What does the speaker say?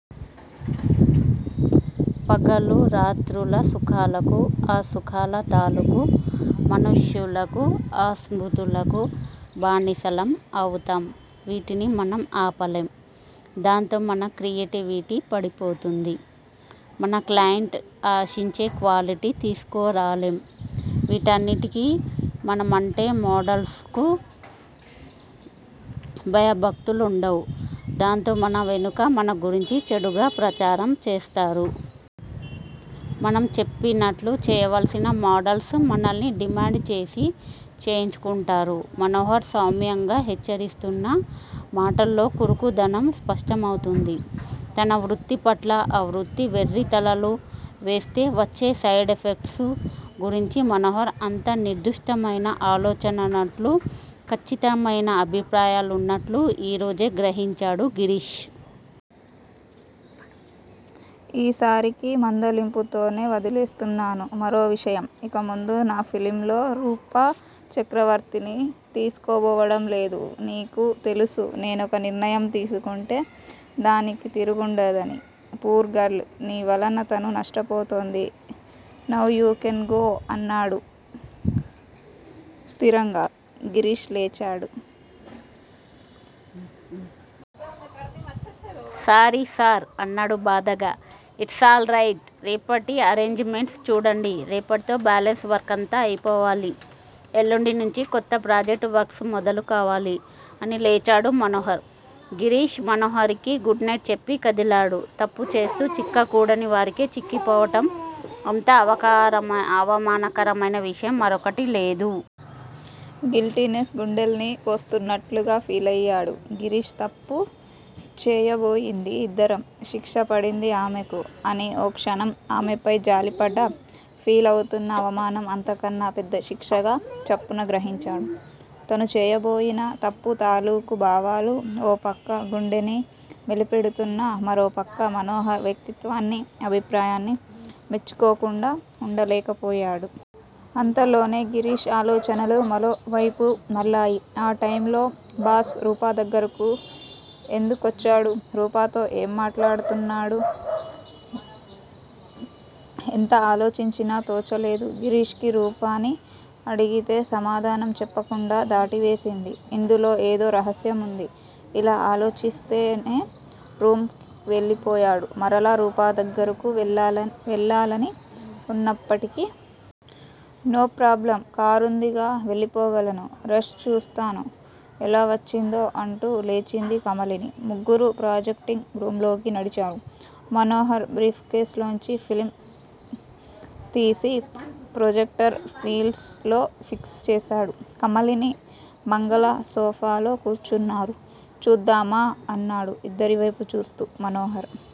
పగలు రాత్రుల సుఖాలకు, ఆ సుఖాల తాలూకు మనుష్యులకు, ఆ స్మృతులకు బానిసలం అవుతాం. వీటిని మనం ఆపలేం. దాంతో మన క్రియేటివిటీ పడిపోతుంది. మన క్లాయింట్స్ ఆశించే క్వాలిటీ తీసుకురాలేం. వీటన్నింటికిమించి మనమంటే మోడల్స్ కు భయభక్తులుండవు. దాంతో మన వెనుక మన గురించి చెడుగా ప్రచారం చేస్తారు. మనం చెప్పినట్లు చేయవల్సిన మోడల్స్ మనల్ని డిమాండ్ చేసి చేయించుకుంటారు మనోహర్ సౌమ్యంగా హెచ్చరిస్తున్నా మాటల్లో కురుకుదనం స్పష్టమవుతోంది. తన వృత్తిపట్ల, ఆ వృత్తి వెర్రితలలు వేస్తే వచ్చే సైడ్ ఎఫెక్ట్సు గురించి మనోహర్ అంత నిర్దుష్టమైన ఆలోచనలున్నట్లు ఖచ్చితమైన అభిప్రాయాలున్నట్లు ఈరోజే గ్రహించాడు గిరీష్. ఈసారికి మందలింపుతోనే వదిలేస్తున్నాను మరో విషయం. ఇకముందు నా ఫిల్మ్ లో రూపా చక్రవర్తిని తీసుకోబోవటంలేదు. నీకు తెలుసు నేనొక నిర్ణయం తీసుకుంటే డానికి తిరుగుండదని. పూర్ గర్ల్ నీ వలన తను నష్టపోతోంది నౌ యూ కెన్ గో అన్నాడు స్థిరంగా. గిరీష్ లేచాడు. సారీ సర్ అన్నాడు బాధగా. It's all right! రేపటి అరెంజ్ మెంట్స్ చూడండి. రేపటితో బ్యాలన్స్ వర్కంతా అయిపోవాలి. ఎల్లుండి నుంచి కొత్త ప్రాజెక్టు వర్క్స్ మొదలు కావాలి అని లేచాడు మనోహర్. గిరీష్ మనోహర్ కి గుడ్ నైట్ చెప్పి కదిలాడు. తప్పుచేస్తూ, చిక్క గూడని వారికే చిక్కిపోవటం అంత అవమానకరమైన విషయం మరొకటి లేదు. గిల్టీనెస్ గుండెల్ని కోస్తున్నట్లుగా ఫీలయ్యాడు గిరీష్ తప్పుచేయబోయింది ఇద్దరం. శిక్ష పడింది ఆమెకు. అని ఓ క్షణం ఆమెపై జాలిపడ్డా, ఫీల్ అవుతున్న అవమానం అంతన్నా పెద్ద శిక్షగా చప్పున గ్రహించాడు. తను చేయబోయిన తప్పు తాలూకు భావాలు ఓ ప్రక్క గుండెనిమెలిపెడుతున్నా, మరోప్రక్క మనోహర్ వ్యక్తిత్వాన్ని, అభిప్రాయాల్ని మెచ్చుకోకుండా వుండలేకపోయాడు. అంతలోనే గిరీష్ ఆలోచనలు మరో వైపు మళ్ళాయి. ఆ టైమ్ లో బాస్ రూపా దగ్గరకు ఎందుకొచ్చాడు? రూపాతో ఏం మాట్లాడాడు? ఎంత ఆలోచించినా తోచలేదు గిరీష్ కి రూపాని అడిగితే సమాధానం చెప్పకుండా దాటవేసింది. ఇందులో ఏదో రహస్యం వుంది ఇలా ఆలోచిస్తూనే రూమ్ కెళ్ళిపోయాడు-మరలా రూపా దగ్గరకు వెళ్ళాలని వున్నప్పటికి. నో ప్రాబ్లమ్ కారుందిగా వెళ్ళిపోగలను. రష్ చూస్తాను ఎలా వచ్చిందో అంటూ లేచింది కమలిని. ముగ్గురూ ప్రాజెక్టింగ్ రూమ్ లోకి నడిచారు. మనోహర్ బ్రీఫ్ కేసులోంచి ఫిల్మ్ తీసి ప్రొజెక్టర్ వీల్స్ లో ఫిక్స్ చేసాడు. కమలిని, మంగళ సోఫాలో కూర్చున్నారు. చూద్దామా? అన్నాడు ఇద్దరివేపు చూస్తూ మనోహర్.